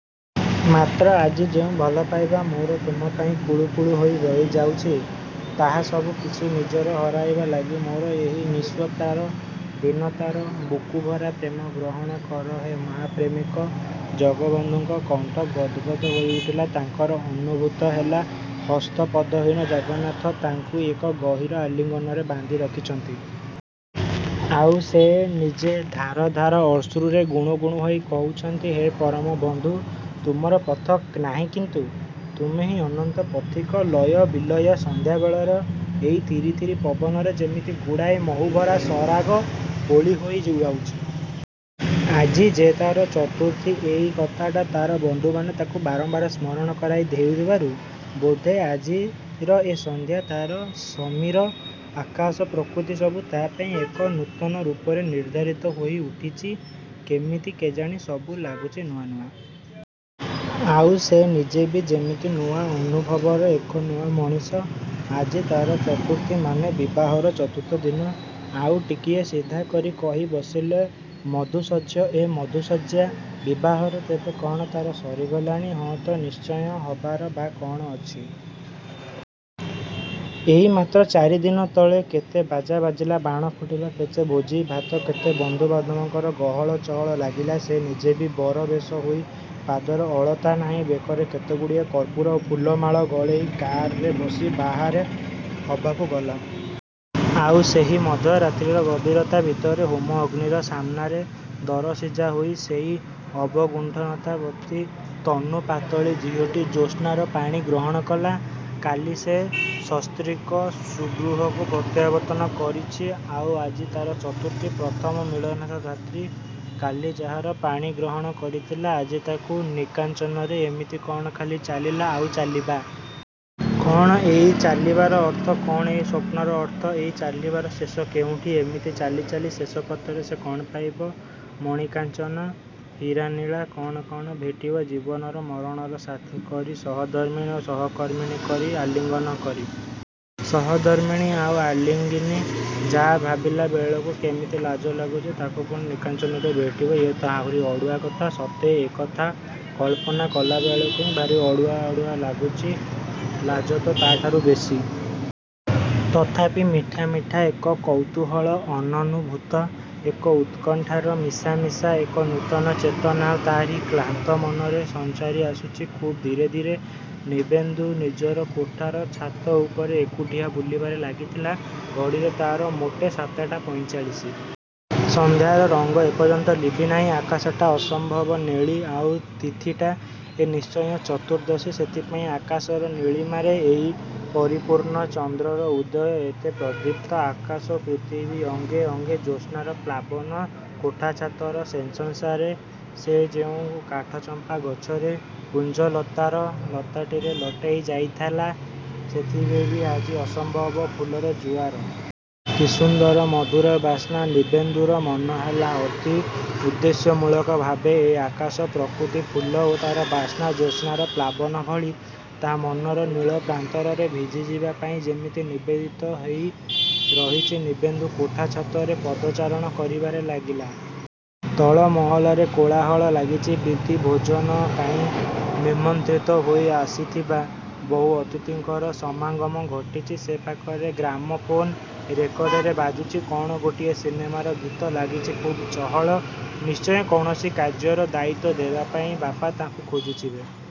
ମାତ୍ର ଆଜି ଯେଉଁ ଭଲ ପାଇବା ମୋର ତମପାଇଁ କୁଳୁକୁଳୁ ହୋଇ ବହି ଯାଉଚି, ତାହା ସବୁ କିଛି ନିଜର ହରାଇବା ଲାଗି। ମୋର ଏହି ନିସ୍ୱତାର, ଦୀନତାର, ବୁକୁଭରା ପ୍ରେମ ଗ୍ରହଣ କର ହେ ମହାପ୍ରେମିକ! ଜଗବନ୍ଧୁଙ୍କ କଣ୍ଠ ଗଦ୍‌ଗଦ ହୋଇ ଉଠିଲା ତାଙ୍କର ଅନୁଭୂତ ହେଲା ହସ୍ତପଦହୀନ ଜଗନ୍ନାଥ ତାଙ୍କୁ ଏକ ଗହୀର ଆଲିଙ୍ଗନରେ ବାନ୍ଧି ରଖିଛନ୍ତି। ଆଉ ସେ ନିଜେ ଧାର ଧାର ଅଶ୍ରୁରେ ଗୁଣୁଗୁଣୁ ହୋଇ କହୁଚନ୍ତି, "ହେ ପରମ ବନ୍ଧୁ! ତୁମର ପଥ ନାହିଁକିନ୍ତୁ ତମେ ହିଁ ଅନନ୍ତ ପଥିକ!" ଲୟ ବିଲୟ ସନ୍ଧ୍ୟାବେଳର ଏହି ଥିରି ଥିରି ପବନରେ ଯେମିତି ଗୁଡ଼ାଏ ମହୁଭରା ସରାଗ ବୋଳି ହୋଇ ଯୁଆଉଚି। ଆଜି ଯେ ତା'ର ଚତୁର୍ଥୀ, ଏଇ କଥାଟା ତାର ବନ୍ଧୁମାନେ ତାକୁ ବାରମ୍ବାର ସ୍ମରଣ କରାଇ ଦେଇଥିବାରୁ ବୋଧେ ଆଜିର ଏ ସନ୍ଧ୍ୟା, ତାର ସମୀର, ଆକାଶ, ପ୍ରକୃତି ସବୁ ତା' ପାଇଁ ଏକ ନୂତନ ରୂପରେ ନିର୍ଦ୍ଧାରିତ ହୋଇ ଉଠିଚି। କେମିତି କେଜାଣି ସବୁ ଲାଗୁଚି ନୂଆ ନୂଆ। ଆଉ ସେ ନିଜେ ବି ଯେମିତି ନୂଆ ଅନୁଭବର ଏକ ନୂଆ ମଣିଷ। ଆଜି ତାର ଚତୁର୍ଥୀ! ମାନେ ବିବାହର ଚତୁର୍ଥ ଦିନ। ଆଉ ଟିକିଏ ସିଧା କରି କହି ବସିଲେ ମଧୁଶଯ୍ୟ ଏଁ ମଧୁଶଯ୍ୟା? ବିବାହର ତେବେ କ'ଣ ତାର ସରିଗଲାଣି? ହଁ ତ, ଆଶ୍ଚର୍ଯ୍ୟ ହବାର ବା କଣ ଅଛି? ଏଇ ମାତ୍ର ଚାରି ଦିନ ତଳେ, କେତେ ବାଜା ବାଜିଲା, ବାଣ ଫୁଟିଲା, କେତେ ଭୋଜି ଭାତ, କେତେ ବନ୍ଧୁ ବାନ୍ଧବଙ୍କର ଗହଳ ଚହଳ ଲାଗିଲା। ସେ ନିଜେ ବି ବର ବେଶ ହୋଇ ପାଦରେ ଅଳତା ନାଇ, ବେକରେ ଏତେଗୁଡ଼ାଏ କର୍ପୂର ଓ ଫୁଲର ମାଳ ଗଳେଇ, କାର୍‌ରେ ବସି ବାହାରେ ହବାକୁ ଗଲା। ଆଉ ସେହି ମଧ୍ୟରାତ୍ରିର ଗଭୀରତା ଭିତରେ, ହୋମ ଅଗ୍ନିର ସାମ୍ନାରେ, ଦରସିଝା ହୋଇ, ସେଇ ଅବଗୁଣ୍ଠନବତୀ ତନୁପାତଳୀ ଝିଅଟି, ଜ୍ୟୋତ୍ସ୍ନାର ପାଣି ଗ୍ରହଣ କଲା। କାଲି ସେ ସସ୍ତ୍ରୀକ ସ୍ୱଗୃହକୁ ପ୍ରତ୍ୟାବର୍ତ୍ତନ କରିଚି। ଆଉ ଆଜି ତାର ଚତୁର୍ଥୀ, ପ୍ରଥମ ମିଳନର ରାତ୍ରି। କାଲି ଯାହାର ପାଣିଗ୍ରହଣ କରିଥିଲା, ଆଜି ତାକୁ ନିକାଞ୍ଚନରେ ଇମିତି କ'ଣ ଖାଲି ଚାଲିବା, ଆଉ ଚାଲିବା? କ'ଣ ଏଇ ଚାଲିବାର ଅର୍ଥ? କ'ଣ ଏଇ ସ୍ୱପ୍ନର ଅର୍ଥ? ଏଇ ଚାଲିବାର ଶେଷ କେଉଁଠି? ଏମିତି ଚାଲି ଚାଲି ଶେଷ ପଥରେ ସେ କ'ଣ ପାଇବ? ମଣି କାଞ୍ଚନ? ହୀରା ନୀଳା? କ'ଣ, କ'ଣ? ଭେଟିବ, ଜୀବନ ମରଣର ସାଥୀ କରି, ସହଧର୍ମିଣୀ ଓ ସହକର୍ମୀଣୀ କରି, ଆଲିଙ୍ଗନ କରି। ସହଧର୍ମିଣୀ ଆଉ ଆଲିଙ୍ଗିନି? ଯାଃ, ଭାବିଲା ବେଳକୁ କେମିତି ଲାଜ ଲାଗୁଚି! ତାକୁ ପୁଣି ନିକାଞ୍ଚନରେ ଭେଟିବ? ୟେ ତ ଆହୁରି ଅଡ଼ୁଆ କଥା! ସତେ, ଏ କଥା କଳ୍ପନା କଲାବେଳକୁ ହିଁ ଭାରି ଅଡ଼ୁଆ ଅଡ଼ୁଆ ଲାଗୁଚି। ଲାଜ ତ ତା' ଠାରୁ ବେଶୀ! ତଥାପି ମିଠା ମିଠା ଏକ କୌତୁହଳ, ଅନନୁଭୂତ ଏକ ଉତ୍କଣ୍ଠାର ମିଶାମିସା ଏକ ନୂତନ ଚେତନା ତା'ରି କ୍ଳାନ୍ତ ମନରେ ସଞ୍ଚରି ଆସୁଚି ଖୁବ୍ ଧୀରେ ଧୀରେ। ଦିବେନ୍ଦୁ ନିଜର କୋଠାର ଛାତ ଉପରେ ଏକୁଟିଆ ବୁଲିବାରେ ଲାଗିଥିଲା। ଘଡ଼ିରେ ତାର ମୋଟେ ସାତଟା ପଇଁଚାଳିଶି। ସନ୍ଧ୍ୟାର ରଙ୍ଗ ଏପର୍ଯ୍ୟନ୍ତ ଲିଭିନାହିଁ। ଆକାଶଟା ଅସମ୍ଭବ ନେଳି। ଆଉ ତିଥିଟା ତ ନିଶ୍ଚୟ ଚତୁର୍ଦ୍ଦଶୀ, ସେଥିପାଇଁ ଆକାଶର ନୀଳିମାରେ ଏଇ ପରିପୂର୍ଣ୍ଣ ଚନ୍ଦ୍ରର ଉଦୟ ଏତେ ପ୍ରଦୀପ୍ତ। ଆକାଶ ଓ ପୃଥିବୀର ଅଙ୍ଗେ ଅଙ୍ଗେ ଜ୍ୟୋତ୍ସ୍ନାର ପ୍ଲାବନ। କୋଠା ଛାତର ଶେଷାଂଶରେ ସେ ଯେଉଁ କାଠଚମ୍ପା ଗଛରେ କୁଞ୍ଜଲତାର ଲତାଟି ଲଟେଇ ଯାଇଥାଏ, ସେଥିରେ ବି ଆଜି ଅସମ୍ଭବ ଫୁଲର ଜୁଆର। କି ସୁନ୍ଦର, ମଧୁର ବାସ୍ନା! ନବେନ୍ଦୁର ମନେହେଲା ଅତି ଉଦ୍ଦେଶ୍ୟମୂଳକ ଭାବେ ଏ ଆକାଶ, ପ୍ରକୃତି, ଫୁଲ ଓ ତାର ବାସ୍ନା, ଜ୍ୟୋତ୍ସ୍ନାର ପ୍ଲାବନ ଭଳି, ତା' ମନର ନୀଳ ପ୍ରାନ୍ତରରେ ଭିଜିଯିବା ପାଇଁ ଯେମିତି ନିବେଦିତ ହୋଇ ରହିଚି। ନିବେନ୍ଦୁ କୋଠା ଛାତରେ ପଦଚାରଣ କରିବାରେ ଲାଗିଲା। ତଳ ମହଲାରେ କୋଳାହଳ ଲାଗିଚି। ପ୍ରୀତି ଭୋଜନ ପାଇଁ ନିମନ୍ତ୍ରୀତ ହୋଇ ଆସିଥିବା ବହୁ ଅତିଥିଙ୍କର ସମାଗମ ଘଟିଚି। ସେପାଖରେ ଗ୍ରାମ୍‌ଫୋନ ରେକର୍ଡରେ ବାଜୁଚି କ'ଣ ଗୋଟାଏ ସିନେମାର ଗୀତ। ଲାଗିଚି ଖୁବ୍ ଚହଳ। ନିଶ୍ଚୟ କୌଣସି କାର୍ଯ୍ୟର ଦାୟିତ୍ଵ ଦେବା ପାଇଁ ବାପା ତାକୁ ଖୋଜୁଥିବେ।